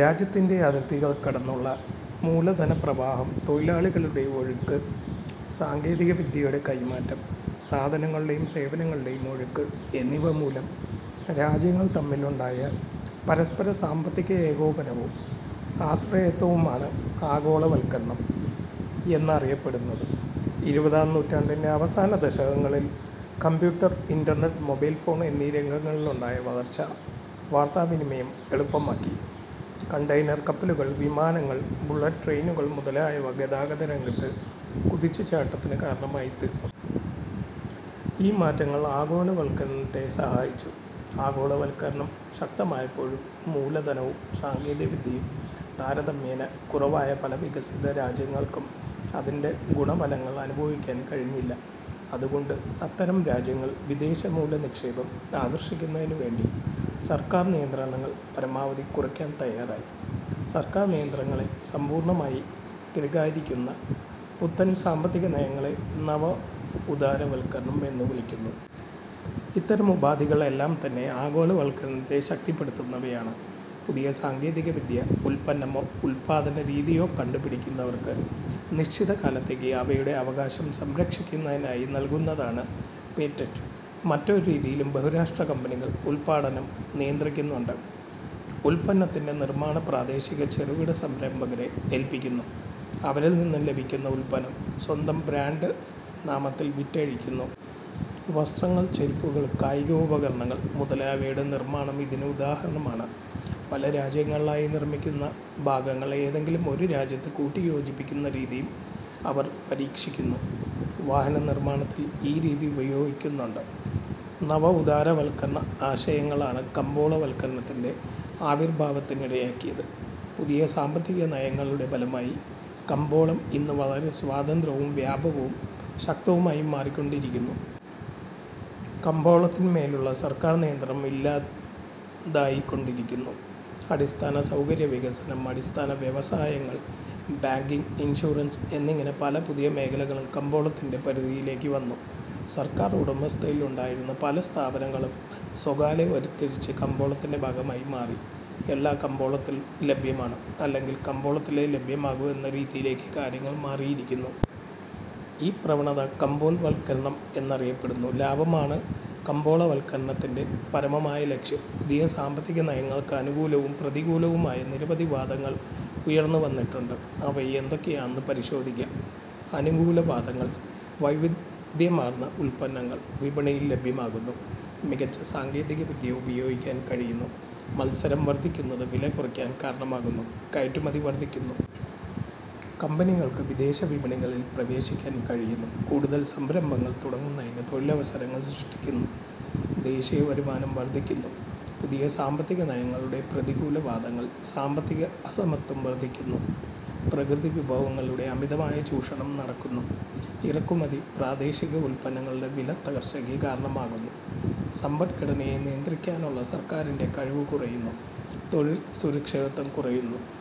രാജ്യത്തിന്റെ അതിർത്തികൾ കടന്നുള്ള മൂലധനപ്രവാഹം, തൊഴിലാളികളുടെ ഒഴുക്ക്, സാങ്കേതികവിദ്യയുടെ കൈമാറ്റം, സാധനങ്ങളുടെയും സേവനങ്ങളുടെയും ഒഴുക്ക് എന്നിവ മൂലം രാജ്യങ്ങൾ തമ്മിലുണ്ടായ പരസ്പര സാമ്പത്തിക ഏകോപനവും ആശ്രയത്വവുമാണ് ആഗോളവൽക്കരണം എന്നറിയപ്പെടുന്നത്. ഇരുപതാം നൂറ്റാണ്ടിന്റെ അവസാനദശകങ്ങളിൽ കമ്പ്യൂട്ടർ, ഇന്റർനെറ്റ്, മൊബൈൽഫോൺ എന്നീ രംഗങ്ങളിലുണ്ടായ വളർച്ച വാർത്താവിനിമയം എളുപ്പമാക്കി. കണ്ടയനർ കപ്പലുകൾ, വിമാനങ്ങൾ, ബുള്ളറ്റ് ട്രെയിനുകൾ മുതലായവ ഗതാഗത രംഗത്ത് കുതിച്ചുചാട്ടത്തിന് കാരണമായിത്തീർന്നു. ഈ മാറ്റങ്ങൾ ആഗോളവൽക്കരണത്തെ സഹായിച്ചു. ആഗോളവൽക്കരണം ശക്തമായപ്പോഴും മൂലധനവും സാങ്കേതികവിദ്യയും താരതമ്യേന കുറവായ പല വികസ്വരരാജ്യങ്ങൾക്കും അതിന്റെ ഗുണഫലങ്ങൾ അനുഭവിക്കാൻ കഴിഞ്ഞില്ല. അതുകൊണ്ട് അത്തരം രാജ്യങ്ങൾ വിദേശമൂലധനനിക്ഷേപം ആകർഷിക്കുന്നതിനുവേണ്ടി സർക്കാർ നിയന്ത്രണങ്ങൾ പരമാവധി കുറയ്ക്കാൻ തയാറായി. സർക്കാർ നിയന്ത്രണങ്ങളെ സമ്പൂർണമായി നിരാകരിക്കുന്ന പുത്തൻ സാമ്പത്തികനയങ്ങളെ നവ ഉദാരവൽക്കരണം എന്നു വിളിക്കുന്നു. ഇത്തരം ഉപാധികൾ എല്ലാം തന്നെ ആഗോളവൽക്കരണത്ത ശക്തിപ്പെടുത്തുന്നവയാണ്. പുതിയ സാങ്കേതികവിദ്യയോ ഉൽപ്പന്നമോ ഉൽപ്പാദനരീതിയോ കണ്ടുപിടിക്കുന്നവർക്ക് നിശ്ചിതകാലത്തേക്ക് അവയുടെ അവകാശം സംരക്ഷിക്കുന്നതിനായി നൽകുന്നതാണ് പേറ്റന്റ്. മറ്റൊരു രീതിയിലും ബഹുരാഷ്ട്ര കമ്പനികൾ ഉൽപ്പാദനം നിയന്ത്രിക്കുന്നുണ്ട്. ഉൽപ്പന്നത്തിന്റെ നിർമാണം പ്രാദേശിക ചെറുകിട സംരംഭകരെ ഏൽപ്പിക്കുന്നു. അവരിൽനിന്ന് ലഭിക്കുന്ന ഉൽപ്പന്നം സ്വന്തം ബ്രാൻഡ് നാമത്തിൽ വിറ്റഴിക്കുന്നു. വസ്ത്രങ്ങൾ, ചെരുപ്പുകൾ, കായികോപകരണങ്ങൾ മുതലായവയുടെ നിർമാണം ഇതിന് ഉദാഹരണമാണ്. പല രാജ്യങ്ങളിലായി നിർമിക്കുന്ന ഭാഗങ്ങൾ ഏതെങ്കിലും ഒരു രാജ്യത്ത് കൂട്ടിയോജിപ്പിക്കുന്ന രീതിയും അവർ പരീക്ഷിക്കുന്നു. വാഹനനിർമാണത്തിൽ ഈ രീതി ഉപയോഗിക്കുന്നുണ്ട്. നവ ഉദാരവൽക്കരണ ആശയങ്ങളാണ് കമ്പോളവൽക്കരണത്തിന്റെ ആവിർഭാവത്തിനിടയാക്കിയത്. പുതിയ സാമ്പത്തികനയങ്ങളുടെ ഫലമായി കമ്പോളം ഇന്ന് വളരെ സ്വതന്ത്രവും വ്യാപകവും ശക്തവുമായി മാറിക്കൊണ്ടിരിക്കുന്നു. കമ്പോളത്തിൻമേലുള്ള സർക്കാർ നിയന്ത്രണം ഇല്ലാതായിക്കൊണ്ടിരിക്കുന്നു. അടിസ്ഥാന സൗകര്യവികസനം, അടിസ്ഥാന വ്യവസായങ്ങൾ, ബാങ്കിങ്, ഇൻഷുറൻസ് എന്നിങ്ങനെ പല പുതിയ മേഖലകളും കമ്പോളത്തിന്റെ പരിധിയിലേക്കു വന്നു. സർക്കാർ ഉടമസ്ഥതയിലുണ്ടായിരുന്ന പല സ്ഥാപനങ്ങളും സ്വകാര്യവൽക്കരിച്ച് കമ്പോളത്തിന്റെ ഭാഗമായി മാറി. എല്ലാം കമ്പോളത്തിൽ ലഭ്യമാണ്, അല്ലെങ്കിൽ കമ്പോളത്തിലേ ലഭ്യമാകൂ എന്ന രീതിയിലേക്ക് കാര്യങ്ങൾ മാറിയിരിക്കുന്നു. ഈ പ്രവണത കമ്പോളവൽക്കരണം എന്നറിയപ്പെടുന്നു. ലാഭമാണ് കമ്പോളവൽക്കരണത്തിന്റെ പരമമായ ലക്ഷ്യം പുതിയ സാമ്പത്തികനയങ്ങൾക്ക് അനുകൂലവും പ്രതികൂലവുമായ നിരവധി വാദങ്ങൾ ഉയർന്നുവന്നിട്ടുണ്ട്. അവ എന്തൊക്കെയാണെന്ന് പരിശോധിക്കാം. അനുകൂലവാദങ്ങൾ: വൈവിധ്യമാർന്ന ഉൽപ്പന്നങ്ങൾ വിപണിയിൽ ലഭ്യമാകുന്നു. മികച്ച സാങ്കേതികവിദ്യ ഉപയോഗിക്കാൻ കഴിയുന്നു. മത്സരം വർധിക്കുന്നത് വില കുറയാൻ കാരണമാകുന്നു. കയറ്റുമതി വർധിക്കുന്നു. കമ്പനികൾക്ക് വിദേശവിപണികളിൽ പ്രവേശിക്കാൻ കഴിയുന്നു. കൂടുതൽ സംരംഭങ്ങൾ തുടങ്ങുന്നത് തൊഴിലവസരങ്ങൾ സൃഷ്ടിക്കുന്നു. ദേശീയവരുമാനം വർധിക്കുന്നു. പുതിയ സാമ്പത്തികനയങ്ങളുടെ പ്രതികൂല വാദങ്ങൾ: സാമ്പത്തിക അസമത്വം വർധിക്കുന്നു. പ്രകൃതിവിഭവങ്ങളുടെ അമിതമായ ചൂഷണം നടക്കുന്നു. ഇറക്കുമതി പ്രാദേശിക ഉൽപ്പന്നങ്ങളുടെ വിലത്തകർച്ചയ്ക്ക് കാരണമാകുന്നു. സമ്പദ്ഘടനയെ നിയന്ത്രിക്കാനുള്ള സർക്കാറിന്റെ കഴിവ് കുറയുന്നു. തൊഴിൽ സുരക്ഷിതത്വം കുറയുന്നു.